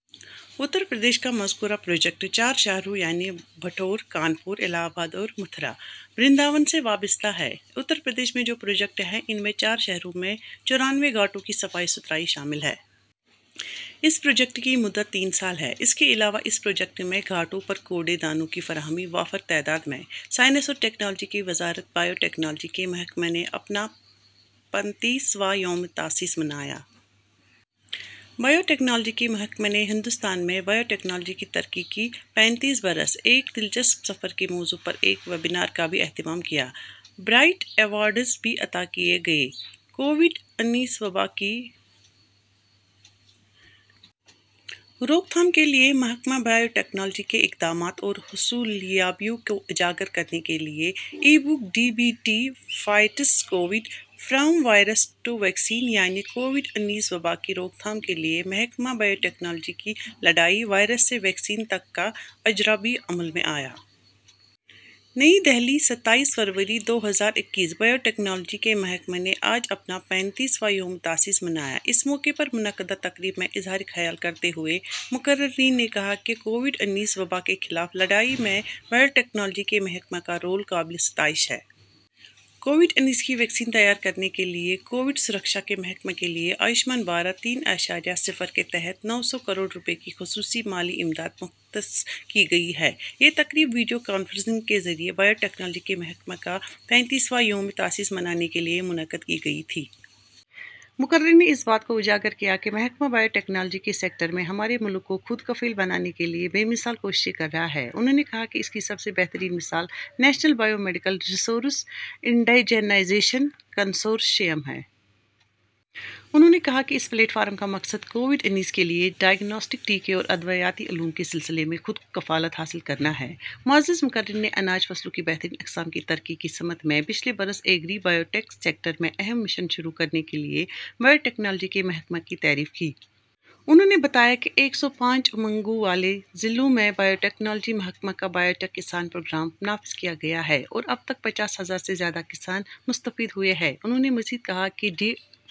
اترپردیش کا مذکورہ پروجیکٹ چار شہروں یعنی بٹھور، کانپور، الہ آباد اور متھرا-برنداون سے وابستہ ہے۔ اترپردیش میں جو پروجیکٹ ہیں، ان میں چار شہروں میں چورانوے گھاٹوں کی صفائی ستھرائی شامل ہے۔ اس پروجیکٹ کی مدت تین سال ہے۔ اس کے علاوہ اس پروجیکٹ میں گھاٹوں پر کوڑے دانوں کی فراہمی وافر تعداد میں۔ سائنس اور ٹیکنالوجی کی وزارت بایوٹکنالوجی کے محکمہ نے اپنا پینتیس واں یومِ تاسیس منایا۔ بایوٹکنالوجی کے محکمہ نے "ہندوستان میں بایوٹکنالوجی کی ترقی کے پینتیس برس، ایک دلچسپ سفر" کے موضوع پر ایک ویبینار کا بھی اہتمام کیا۔ برائٹ ایوارڈز بھی عطا کیے گئے۔ کووڈ-انیس وبا کی روک تھام کے لیے محکمہ بایوٹکنالوجی کے اقدامات اور حصولیابیوں کو اجاگر کرنے کے لیے ebook "D B T fights covid, from virus to vaccine", یعنی کووڈ-انیس وبا کی روک تھام کے لیے محکمہ بایوٹکنالوجی کی لڑائی، وائرس سے ویکسین تک، کا اجرا بھی عمل میں آیا۔ نئی دہلی، ستائیس فروری دو ہزار اکیس: بایوٹکنالوجی کے محکمہ نے آج اپنا پینتیس واں یومِ تاسیس منایا۔ اس موقع پر منعقدہ تقریب میں اظہارِ خیال کرتے ہوئے مقررین نے کہا کہ "کووڈ-انیس وبا کے خلاف لڑائی میں بایوٹکنالوجی کے محکمہ کا رول قابلِ ستائش ہے۔" کووڈ انیس کی ویکسین تیار کرنے کے لیے کووڈ-سرکشا کے محکمہ کے لیے آیوشمان بھارت تین اعشاریہ صفر کے تحت نو سو کروڑ روپے کی خصوصی مالی امداد مختص کی گئی ہے۔ یہ تقریب ویڈیو کانفرنسنگ کے ذریعے بایوٹکنالوجی کے محکمہ کا پینتیس واں یومِ تاسیس منانے کے لیے منعقد کی گئی تھی۔ مقررین نے اس بات کو اجاگر کیا کہ محکمہ بایوٹکنالوجی کے سیکٹر میں ہمارے ملک کو خود کفیل بنانے کے لیے بے مثال کوششیں کر رہا ہے۔ انہوں نے کہا کہ اس کی سب سے بہترین مثال "national biomedical resource indigenization consortium" ہے۔ انہوں نے کہا کہ "اس پلیٹ فارم کا مقصد کووڈ-انیس کے لیے ڈائگنوسٹک، ٹیکے اور ادویاتی علوم کے سلسلے میں خود کفالت حاصل کرنا ہے۔" معزز مقررین نے اناج فصلوں کی بہترین اقسام کی ترقی کی سمت میں پچھلے برس ایگری-بایوٹیک سیکٹر میں اہم مشن شروع کرنے کے لیے بایوٹکنالوجی کے محکمہ کی تعریف کی۔ انہوں نے بتایا کہ "ایک سو پانچ امنگوں والے ضلعوں میں بایوٹکنالوجی محکمہ کا بایوٹیک کسان پروگرام نافذ کیا گیا ہے اور اب تک پچاس ہزار سے زیادہ کسان مستفید ہوئے ہیں۔" انہوں نے مزید کہا کہ "ڈی...